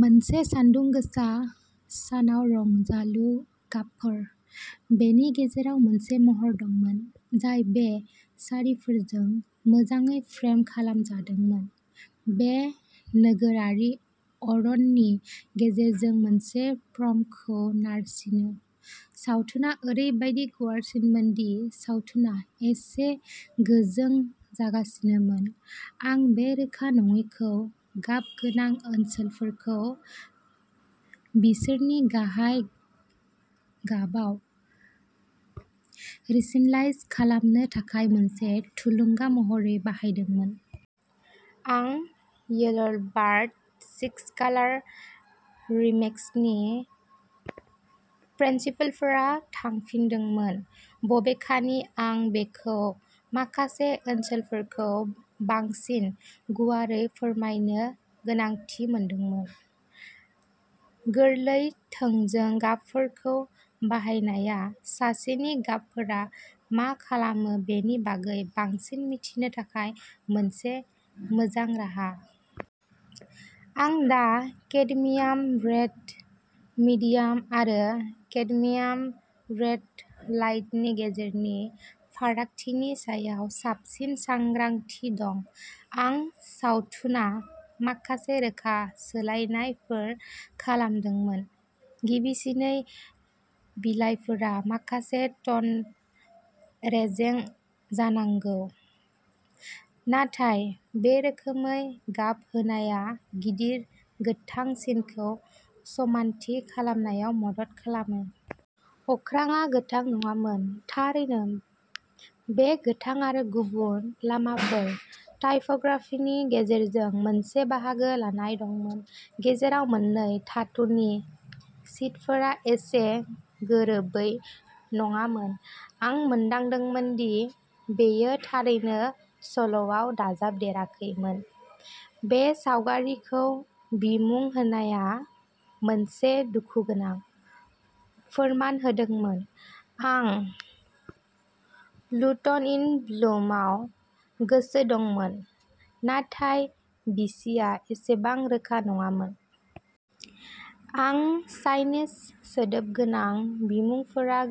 मोनसे सानदुं गोसा सानाव रंजालु गाबफोर। बेनि गेजेराव मोनसे महर दंमोन, जाय बे सारिफोरजों मोजाङै फ्रेम खालामजादोंमोन। बे नोगोरारि अरननि गेजेरजों मोनसे प्रमखौ नारसिनो। सावथुना ओरैबायदि गुवारसिनमोन दि सावथुना एसे गोजों जागासिनोमोन। आं बे रोखा नङैखौ गाबगोनां ओनसोलफोरखौ बिसोरनि गाहाय गाबाव रैसेनलाइज खालामनो थाखाय मोनसे थुलुंगा महरै बाहायदोंमोन। आं येल्ल'बार्स्ट सिक्स कालार रिमिक्स नि प्रिन्सिपलफोराव थांफिनदोंमोन। बबेखानि आं बेखौ माखासे ओनसोलफोरखौ बांसिन गुवारै फोरमायनो गोनांथि मोनदोंमोन। गोरलै थोंजों गाबफोरखौ बाहायनाया सासेनि गाबफोरा मा खालामो बेनि बागै बांसिन मिथिनो थाखाय मोनसे मोजां राहा। आं दा केडमियाम रेड मिडियाम आरो केडमियाम रेड लाइटनि गेजेरनि फारागथिनि सायाव साबसिन सांग्रांथि दं। आं सावथुना माखासे रोखा सोलायनायफोर खालामदोंमोन। गिबिसिनै बिलाइफोरा माखासे टन रेजें जानांगौ। नाथाय बे रोखोमै गाब होनायआ गिदिर गोथां सिनखौ समानथि खालामनायाव मदद खालामो। अख्राङा गोथां नङामोन। थारैनो बे गोथां आरो गुबुन लामाफोर टाइप'ग्राफिनि गेजेरजों मोनसे बाहागो लाइन दंमोन जेराव मोननै धातुनि शीटफोरा एसे गोरोबै नङामोन आं मोनदांदोंमोन दि बेयो थारैनो सल'आव दाजाबदेराखैमोन। बे सावगारिखौ बिमुं होनाया मोनसे दुखुगोनां फोरमान होदोंमोन, आं लुटन इन ब्लुम आव गोसो दंमोन नाथाय बिसिया एसेबां रोखा नङामोन। आं साइनेज सोदोब गोनां बिमुंफोराव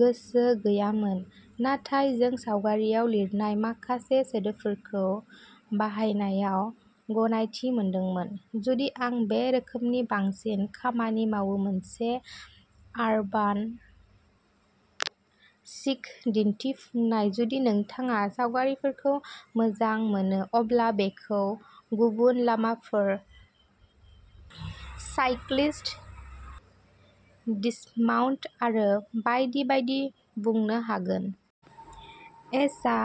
गोसो गैयामोन नाथाय जों सावगारिआव लिरनाय माखासे सोदोबफोरखौ बाहायनायाव गनायथि मोनदोंमोन। जुदि आं बे रोखोमनि बांसिन खामानि मावो मोनसे आरबान चिक दिन्थिफुंनाय जुदि नोंथाङा सावगारिफोरखौ मोजां मोनो अब्ला बेखौ गुबुन लामाफोर, साइक्लिस्ट डिसमाउन्ट आरो बायदि बायदि बुंनो हायो। एच'आ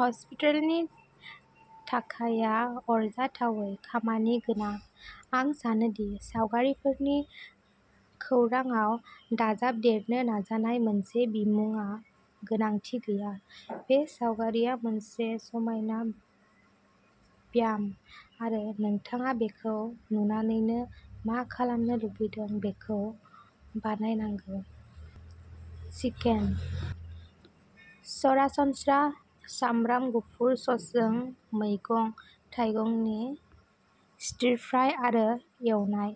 हस्पिटलनि थाखाया आरजाथावै खामानिगोनां। आं सानो दि सावगारिफोरनि खौरांआव दाजाबदेरनो नाजानाय मोनसे बिमुंआ गोनांथि गैया। बे सावगारिआ मोनसे समायना ब्याम आरो नोंथाङा बेखौ नुनानैनो मा खालामनो लुबैदों बेखौ बानायनांगौ। चिकेन। सरासनस्रा सामब्राम गुफुर ससजों मैगं-थाइगंनि स्टिर फ्राइ आरो एवनाय